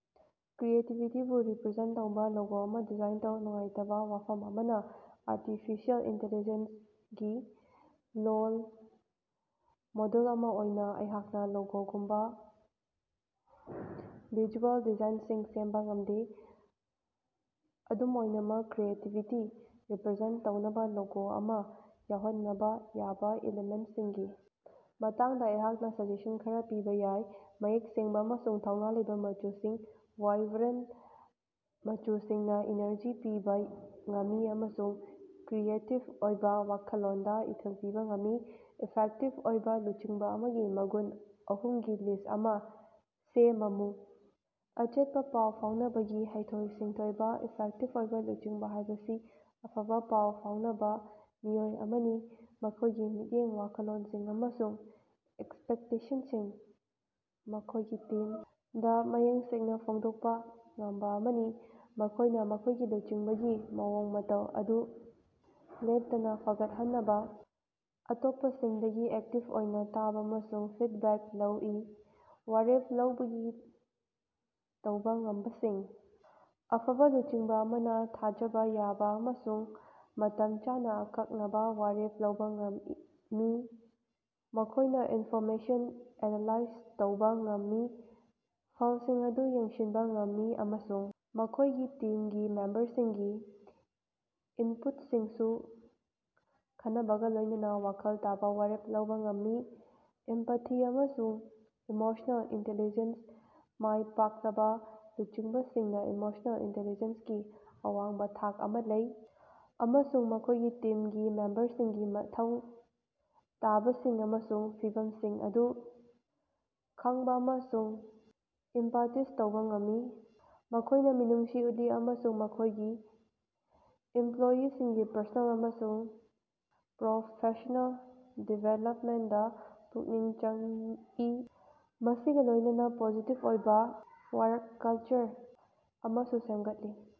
ꯀ꯭ꯔꯤꯌꯦꯇꯤꯕꯤꯇꯤꯕꯨ represent ꯇꯧꯕ logo ꯑꯃ design ꯇꯧꯕ꯫ ꯅꯨꯡꯉꯥꯏꯇꯕꯥ ꯋꯥꯐꯝ ꯑꯃꯅ ꯑꯔꯇꯤꯐꯤꯁꯦꯜ ꯏꯟꯇꯤꯂꯤꯖꯦꯟꯁ ꯒꯤ ꯂꯣꯜ ꯃꯣꯗꯦꯜ ꯑꯃ ꯑꯣꯏꯅ ꯑꯩꯍꯥꯛꯅ ꯂꯣꯒꯣꯒꯨꯝꯕꯥ ꯚꯤꯖꯨꯑꯦꯜ ꯗꯤꯖꯥꯏꯟꯁꯤꯡ ꯁꯦꯝꯕ ꯉꯝꯗꯦ꯫ ꯑꯗꯨꯝ ꯑꯣꯏꯅꯃꯛ, ꯀ꯭ꯔꯤꯌꯦꯇꯤꯕꯤꯇꯤ ꯔꯤꯄꯔꯖꯦꯟꯇ ꯇꯧꯅꯕ ꯂꯣꯒꯣ ꯑꯃꯗ ꯌꯥꯎꯍꯟꯅꯕ ꯌꯥꯕ ꯏꯂꯤꯃꯦꯟꯁꯤꯡꯒꯤ ꯃꯇꯥꯡꯗ ꯑꯩꯍꯥꯛꯅꯥ ꯁꯖꯦꯁꯟ ꯈꯔ ꯄꯤꯕ ꯌꯥꯏ: ꯃꯌꯦꯛ ꯁꯦꯡꯕꯥ ꯑꯃꯁꯨꯡ ꯊꯧꯅꯥ ꯂꯩꯕꯥ ꯃꯆꯨꯁꯤꯡ: ꯋꯥꯏꯕ꯭ꯔꯦꯟ ꯃꯆꯨꯁꯤꯡꯅꯥ ꯏꯅꯔꯖꯤ ꯄꯤꯕꯥ ꯉꯝꯃꯤ ꯑꯃꯁꯨꯡ ꯀ꯭ꯔꯤꯌꯦꯇꯤꯕ ꯑꯣꯏꯕ ꯋꯥꯈꯜꯂꯣꯟꯗ ꯏꯊꯤꯜ ꯄꯤꯕ ꯉꯝꯃꯤ꯫ ꯏꯐꯦꯛꯇꯤꯚ ꯑꯣꯏꯕ ꯂꯨꯆꯤꯡꯕ ꯑꯃꯒꯤ ꯃꯒꯨꯟ ꯑꯍꯨꯝꯒꯤ ꯂꯤꯁ ꯑꯃ ꯁꯦꯃꯃꯨ꯫ ꯑꯆꯦꯠꯄꯥ ꯄꯥꯎ ꯐꯥꯎꯍꯟꯅꯕꯒꯤ ꯍꯩꯊꯣꯏ-ꯁꯤꯡꯊꯣꯏꯕ: ꯏꯐꯦꯛꯇꯤꯕ ꯑꯣꯏꯕ ꯂꯨꯆꯤꯡꯕ ꯍꯥꯏꯕꯁꯤ ꯑꯐꯕ ꯄꯥꯎ ꯐꯥꯎꯍꯟꯅꯕ ꯃꯤꯑꯣꯏ ꯑꯃꯅꯤ, ꯃꯈꯣꯏꯒꯤ ꯃꯤꯠꯌꯦꯡ, ꯋꯥꯈꯜꯂꯣꯟꯁꯤꯡ ꯑꯃꯁꯨꯡ ꯑꯦꯛꯁꯄꯦꯛꯇꯦꯁꯟꯁꯤꯡ ꯃꯈꯣꯏꯒꯤ ꯇꯤꯝꯗ ꯃꯌꯦꯛ ꯁꯦꯡꯅ ꯐꯣꯡꯗꯣꯛꯄ ꯉꯝꯕ ꯑꯃꯅꯤ꯫ ꯃꯈꯣꯏꯅ ꯃꯈꯣꯏꯒꯤ ꯂꯨꯆꯤꯡꯕꯒꯤ ꯃꯑꯣꯡ ꯃꯇꯧ ꯑꯗꯨ ꯂꯦꯞꯇꯅꯥ ꯐꯒꯠꯍꯟꯅꯕꯥ ꯑꯇꯣꯞꯄꯁꯤꯡꯗꯒꯤ ꯑꯦꯛꯇꯤꯕ ꯑꯣꯏꯅ ꯇꯥꯕ ꯑꯃꯁꯨꯡ ꯐꯤꯠꯕꯦꯛ ꯂꯧꯏ꯫ ꯋꯥꯔꯦꯞ ꯂꯧꯕꯒꯤ ꯇꯧꯕ ꯉꯝꯕꯁꯤꯡ: ꯑꯐꯕ ꯂꯨꯆꯤꯡꯕ ꯑꯃꯅ ꯊꯥꯖꯕ ꯌꯥꯕ ꯑꯃꯁꯨꯡ ꯃꯇꯝ ꯆꯥꯅ ꯑꯀꯛꯅꯕ ꯋꯥꯔꯦꯞ ꯂꯧꯕ ꯉꯝꯃꯤ꯫ ꯃꯈꯣꯏꯅ ꯏꯟꯐꯣꯔꯃꯦꯁꯟ ꯑꯦꯅꯥꯂꯥꯏꯖ ꯇꯧꯕ ꯉꯝꯃꯤ, ꯐꯜꯁꯤꯡ ꯑꯗꯨ ꯌꯦꯡꯁꯤꯟꯕ ꯉꯝꯃꯤ ꯑꯃꯁꯨꯡ ꯃꯈꯣꯏꯒꯤ ꯇꯤꯝꯒꯤ ꯃꯦꯝꯕꯔꯁꯤꯡꯒꯤ ꯏꯟꯄꯨꯠꯁꯤꯡꯁꯨ ꯈꯟꯅꯕꯒꯥ ꯂꯣꯏꯅꯅ ꯋꯥꯈꯜ ꯇꯥꯕ ꯋꯥꯔꯦꯞ ꯂꯧꯕ ꯉꯝꯃꯤ꯫ ꯏꯝꯄꯥꯊꯤ ꯑꯃꯁꯨꯡ ꯏꯃꯣꯁꯅꯦꯜ ꯏꯟꯇꯦꯂꯤꯖꯦꯟꯁ: ꯃꯥꯏ ꯄꯥꯛꯂꯕ ꯂꯨꯆꯤꯡꯕꯁꯤꯡꯅ ꯏꯃꯣꯁꯅꯦꯜ ꯏꯟꯇꯦꯂꯤꯖꯦꯟꯁꯀꯤ ꯑꯋꯥꯡꯕ ꯊꯥꯛ ꯑꯃ ꯂꯩ ꯑꯃꯁꯨꯡ ꯃꯈꯣꯏꯒꯤ ꯇꯤꯝꯒꯤ ꯃꯦꯝꯕꯔꯁꯤꯡꯒꯤ ꯃꯊꯧ ꯇꯥꯕꯁꯤꯡ ꯑꯃꯁꯨꯡ ꯐꯤꯚꯝꯁꯤꯡ ꯑꯗꯨ ꯈꯪꯕꯥ ꯑꯃꯁꯨꯡ ꯏꯝꯄꯥꯇꯤꯖ ꯇꯧꯕ ꯉꯝꯃꯤ꯫ ꯃꯈꯣꯏꯅ ꯃꯤꯅꯨꯡꯁꯤ ꯎꯠꯂꯤ ꯑꯃꯁꯨꯡ ꯃꯈꯣꯏꯒꯤ ꯏꯝꯄꯂꯣꯌꯤꯁꯤꯡꯒꯤ ꯄꯔꯁꯣꯅꯦꯜ ꯑꯃꯁꯨꯡ ꯄ꯭ꯔꯣꯐꯦꯁ꯭ꯅꯦꯜ ꯗꯤꯕꯦꯂꯞꯃꯦꯟꯗꯥ ꯄꯨꯛꯅꯤꯡ ꯆꯪꯏ, ꯃꯁꯤꯒꯥ ꯂꯣꯏꯅꯅꯥ ꯄꯣꯖꯤꯇꯤꯕ ꯑꯣꯏꯕ ꯋꯥꯔꯛ ꯀꯜꯆꯔ ꯑꯃꯁꯨ ꯁꯦꯝꯒꯠꯂꯤ꯫